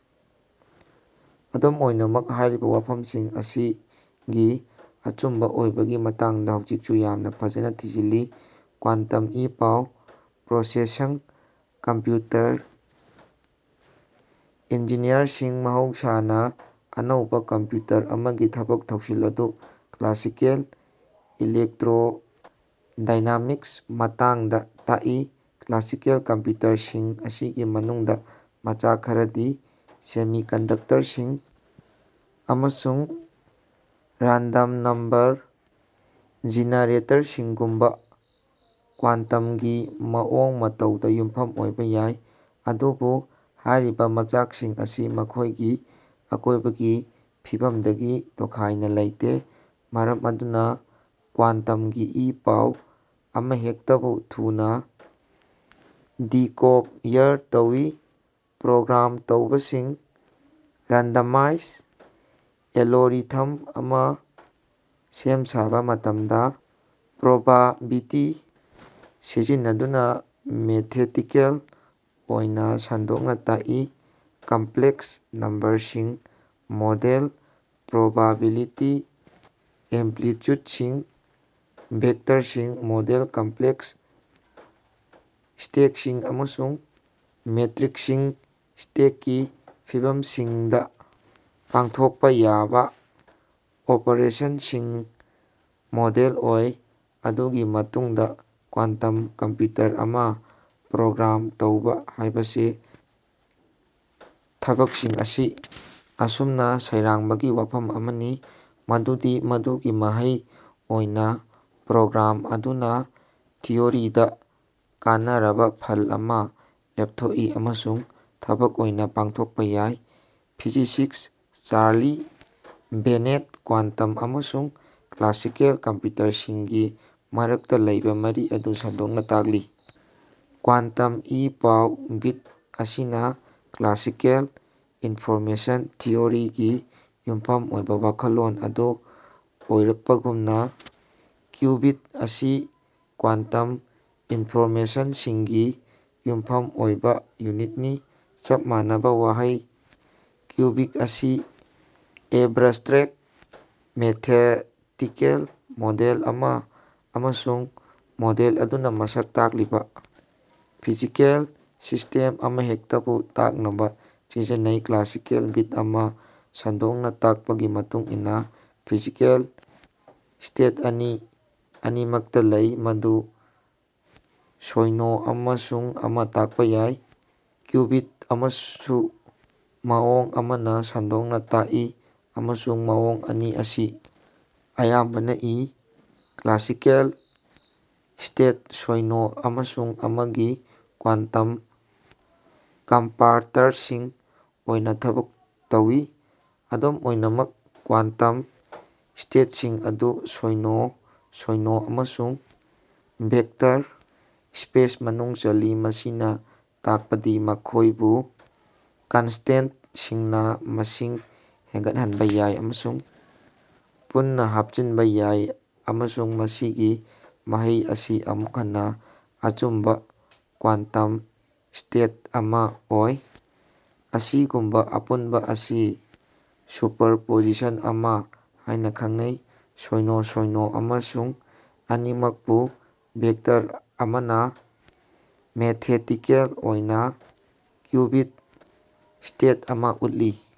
ꯑꯗꯨꯝ ꯑꯣꯏꯅꯃꯛ, ꯍꯥꯏꯔꯤꯕ ꯋꯥꯐꯝ ꯑꯁꯤꯒꯤ ꯑꯆꯨꯝꯕ ꯑꯣꯏꯕꯒꯤ ꯃꯇꯥꯡꯗ ꯍꯧꯖꯤꯛꯁꯨ ꯌꯥꯝꯅ ꯐꯖꯅ ꯊꯤꯖꯤꯜꯂꯤ꯫ ꯀ꯭ꯋꯥꯟꯇꯝ ꯏ-ꯄꯥꯎ ꯄ꯭ꯔꯣꯁꯦꯁꯡ ꯀꯝꯄ꯭ꯌꯨꯇꯔ ꯏꯟꯖꯤꯅꯤꯌꯔꯁꯤꯡ ꯃꯍꯧꯁꯥꯅ ꯑꯅꯧꯕ ꯀꯝꯄ꯭ꯌꯨꯇꯔ ꯑꯃꯒꯤ ꯊꯕꯛ-ꯊꯧꯁꯤꯜ ꯑꯗꯨ ꯀ꯭ꯂꯥꯁꯤꯀꯦꯜ ꯏꯂꯦꯛꯇ꯭ꯔꯣꯗꯥꯏꯅꯥꯃꯤꯛꯁ ꯃꯇꯥꯡꯗ ꯇꯥꯛꯏ꯫"ꯀ꯭ꯂꯥꯁꯤꯀꯦꯜ" ꯀꯝꯄ꯭ꯌꯨꯇꯔꯁꯤꯡ ꯑꯁꯤꯒꯤ ꯃꯅꯨꯡꯗ, ꯃꯆꯥꯛ ꯈꯔꯗꯤ (ꯁꯦꯃꯤꯀꯟꯗꯛꯇꯔꯁꯤꯡ ꯑꯃꯁꯨꯡ ꯔꯥꯟꯗꯣꯝ ꯅꯝꯕꯔ ꯖꯤꯅꯔꯦꯇꯔꯁꯤꯡꯒꯨꯝꯕ) ꯀ꯭ꯋꯥꯟꯇꯝꯒꯤ ꯃꯑꯣꯡ-ꯃꯇꯧꯗ ꯌꯨꯝꯐꯝ ꯑꯣꯏꯕ ꯌꯥꯏ, ꯑꯗꯨꯕꯨ ꯍꯥꯏꯔꯤꯕ ꯃꯆꯥꯛꯁꯤꯡ ꯑꯁꯤ ꯃꯈꯣꯏꯒꯤ ꯑꯀꯣꯏꯕꯒꯤ ꯐꯤꯚꯝꯗꯒꯤ ꯇꯣꯈꯥꯏꯅ ꯂꯩꯇꯦ, ꯃꯔꯝ ꯑꯗꯨꯅ ꯀ꯭ꯋꯥꯟꯇꯝꯒꯤ ꯏ-ꯄꯥꯎ ꯑꯃꯍꯦꯛꯇꯕꯨ ꯊꯨꯅ ꯗꯤꯀꯣꯐꯌꯔ ꯇꯧꯋꯤ꯫ꯄ꯭ꯔꯣꯒ꯭ꯔꯥꯝ ꯇꯧꯕꯁꯤꯡ ꯔꯥꯟꯗꯃꯥꯏꯖꯗ ꯑꯦꯂꯣꯔꯤꯊꯝ ꯑꯃ ꯁꯦꯝꯁꯥꯕ ꯃꯇꯝꯗ ꯄ꯭ꯔꯣꯕꯥꯕꯤꯇꯤ ꯁꯤꯖꯤꯟꯅꯗꯨꯅ ꯃꯦꯊꯦꯇꯤꯀꯦꯜ ꯑꯣꯏꯅ ꯁꯟꯗꯣꯛꯅ ꯇꯥꯛꯏ꯫ ꯀꯝꯄ꯭ꯂꯦꯛꯁ ꯅꯝꯕꯔꯁꯤꯡ ꯃꯣꯗꯦꯜ ꯄ꯭ꯔꯣꯕꯥꯕꯤꯂꯤꯇꯤ ꯑꯝꯄ꯭ꯂꯤꯇ꯭ꯌꯨꯗꯁꯤꯡ, ꯚꯦꯛꯇꯔꯁꯤꯡ ꯃꯣꯗꯜ ꯀꯝꯄ꯭ꯔꯦꯛꯁ ꯁ꯭ꯇꯦꯠꯁꯤꯡ, ꯑꯃꯁꯨꯡ ꯃꯦꯇ꯭ꯔꯤꯛꯁꯤꯡ ꯁ꯭ꯇꯦꯠꯀꯤ ꯐꯤꯕꯝꯁꯤꯡꯗ ꯄꯥꯡꯊꯣꯛꯄ ꯌꯥꯕ ꯑꯣꯄꯔꯦꯁꯟꯁꯤꯡ ꯃꯣꯗꯦꯜ ꯑꯣꯏ꯫ ꯃꯗꯨꯒꯤ ꯃꯇꯨꯡꯗ ꯀ꯭ꯋꯥꯟꯇꯝ ꯀꯝꯄ꯭ꯌꯨꯇꯔ ꯑꯃ ꯄ꯭ꯔꯣꯒ꯭ꯔꯥꯝ ꯇꯧꯕ ꯍꯥꯏꯕꯁꯤ ꯊꯕꯛꯁꯤꯡ ꯑꯁꯤ ꯑꯁꯨꯝꯅ ꯁꯩꯔꯥꯡꯕꯒꯤ ꯋꯥꯐꯝ ꯑꯃꯅꯤ ꯃꯗꯨꯗꯤ ꯃꯗꯨꯒꯤ ꯃꯍꯩ ꯑꯣꯏꯅ ꯄ꯭ꯔꯣꯒ꯭ꯔꯥꯝ ꯑꯗꯨꯅ ꯊꯤꯑꯣꯔꯤꯗ ꯀꯥꯟꯅꯔꯕ ꯐꯜ ꯑꯃ ꯂꯦꯞꯊꯣꯛꯏ ꯑꯃꯁꯨꯡ ꯊꯕꯛ ꯑꯣꯏꯅ ꯄꯥꯡꯊꯣꯛꯄ ꯌꯥꯏ꯫ ꯐꯤꯖꯤꯁꯤꯁ ꯆꯥꯔꯂꯤ ꯕꯦꯅꯦꯠ ꯀ꯭ꯋꯥꯟꯇꯝ ꯑꯃꯁꯨꯡ ꯀ꯭ꯂꯥꯁꯤꯀꯦꯜ ꯀꯝꯄ꯭ꯌꯨꯇꯔꯁꯤꯡꯒꯤ ꯃꯔꯛꯇ ꯂꯩꯕ ꯃꯔꯤ ꯑꯗꯨ ꯁꯟꯗꯣꯛꯅ ꯇꯥꯛꯂꯤ, ꯀ꯭ꯋꯥꯟꯇꯝ ꯏ-ꯄꯥꯎ ꯕꯤꯠ ꯑꯁꯤꯅ ꯀ꯭ꯂꯥꯁꯤꯀꯦꯜ ꯏꯟꯐꯣꯔꯃꯦꯁꯟ ꯊꯤꯑꯣꯔꯤꯒꯤ ꯌꯨꯝꯐꯝ ꯑꯣꯏꯕ ꯋꯥꯈꯜꯂꯣꯟ ꯑꯗꯨ ꯑꯣꯏꯔꯛꯄꯒꯨꯝꯅ, ꯀ꯭ꯌꯨꯕꯤꯠ ꯑꯁꯤ ꯀ꯭ꯋꯥꯟꯇꯝ ꯏꯟꯐꯣꯔꯃꯦꯁꯟꯁꯤꯡꯒꯤ ꯌꯨꯝꯐꯝ ꯑꯣꯏꯕ ꯌꯨꯅꯤꯠꯅꯤ꯫ ꯆꯞ ꯃꯥꯟꯅꯕ ꯋꯥꯍꯩ ꯀ꯭ꯌꯨꯕꯤꯛ ꯑꯁꯤ ꯑꯦꯕ꯭ꯔꯁ꯭ꯇ꯭ꯔꯦꯛ ꯃꯦꯊꯦꯇꯤꯀꯦꯜ ꯃꯣꯗꯦꯜ ꯑꯃ ꯑꯃꯁꯨꯡ ꯃꯣꯗꯦꯜ ꯑꯗꯨꯅ ꯃꯁꯛ ꯇꯥꯛꯂꯤꯕ ꯐꯤꯖꯤꯀꯦꯜ ꯁꯤꯁ꯭ꯇꯦꯝ ꯑꯃꯍꯦꯛꯇꯕꯨ ꯇꯥꯛꯅꯕ ꯁꯤꯖꯤꯟꯅꯩ꯫ ꯀ꯭ꯂꯥꯁꯤꯀꯦꯜ ꯕꯤꯠ ꯑꯃ, ꯁꯟꯗꯣꯛꯅ ꯇꯥꯛꯄꯒꯤ ꯃꯇꯨꯡ ꯏꯟꯅ, ꯐꯤꯖꯤꯀꯦꯜ ꯁ꯭ꯇꯦꯠ ꯑꯅꯤ ꯑꯅꯤꯃꯛꯇ ꯂꯩ, ꯃꯗꯨ ꯁꯣꯏꯅꯣ ꯑꯃꯁꯨꯡ ꯑꯃ ꯇꯥꯛꯄ ꯌꯥꯏ꯫ ꯀ꯭ꯌꯨꯕꯤꯠ ꯑꯃꯁꯨ ꯃꯑꯣꯡ ꯑꯃꯅ ꯁꯟꯗꯣꯛꯅ ꯇꯥꯛꯏ, ꯑꯃꯁꯨꯡ ꯃꯑꯣꯡ ꯑꯅꯤ ꯑꯁꯤ ꯑꯌꯥꯝꯕꯅ ꯏ꯫ ꯀ꯭ꯂꯥꯁꯤꯀꯦꯜ ꯁ꯭ꯇꯦꯠ ꯁꯣꯏꯅꯣ ꯑꯃꯁꯨꯡ ꯑꯃ ꯒꯤ ꯀ꯭ꯋꯥꯟꯇꯝ ꯀꯝꯄꯥꯔꯇꯔꯁꯤꯡ ꯑꯣꯏꯅ ꯊꯕꯛ ꯇꯧꯋꯤ꯫ ꯑꯗꯨꯝ ꯑꯣꯏꯅꯃꯛ, ꯀ꯭ꯋꯥꯟꯇꯝ ꯁ꯭ꯇꯦꯠꯁꯤꯡ ꯑꯗꯨ ꯁꯣꯏꯅꯣ ꯁꯣꯏꯅꯣ ꯑꯃꯁꯨꯡ ꯚꯦꯛꯇꯔ ꯁ꯭ꯄꯦꯁ ꯃꯅꯨꯡ ꯆꯜꯂꯤ, ꯃꯁꯤꯅ ꯇꯥꯛꯄꯗꯤ ꯃꯈꯣꯏꯕꯨ ꯀꯟꯁꯇꯦꯟꯇꯁꯤꯡꯅ ꯃꯁꯤꯡ ꯍꯦꯟꯒꯠꯍꯟꯕ ꯌꯥꯏ ꯑꯃꯁꯨꯡ ꯄꯨꯟꯅ ꯍꯥꯞꯆꯤꯟꯕ ꯌꯥꯏ, ꯑꯃꯁꯨꯡ ꯃꯁꯤꯒꯤ ꯃꯍꯩ ꯑꯁꯤ ꯑꯃꯨꯛ ꯍꯟꯅ ꯑꯆꯨꯝꯕ ꯀ꯭ꯋꯥꯟꯇꯝ ꯁ꯭ꯇꯦꯠ ꯑꯃ ꯑꯣꯏ꯫ ꯑꯁꯤꯒꯨꯝꯕ ꯑꯄꯨꯟꯕ ꯑꯁꯤ ꯁꯨꯄꯔꯄꯣꯖꯤꯁꯟ ꯑꯃ ꯍꯥꯏꯅ ꯈꯪꯅꯩ꯫ ꯁꯣꯏꯅꯣ ꯁꯣꯏꯅꯣ ꯑꯃꯁꯨꯡ ꯑꯅꯤꯃꯨꯛꯀꯤ ꯚꯦꯛꯇꯔ ꯑꯃꯅ ꯃꯦꯊꯦꯇꯤꯀꯦꯜ ꯑꯣꯏꯅ ꯀ꯭ꯌꯨꯕꯤꯠ ꯁ꯭ꯇꯦꯠ ꯑꯃ ꯎꯠꯂꯤ꯫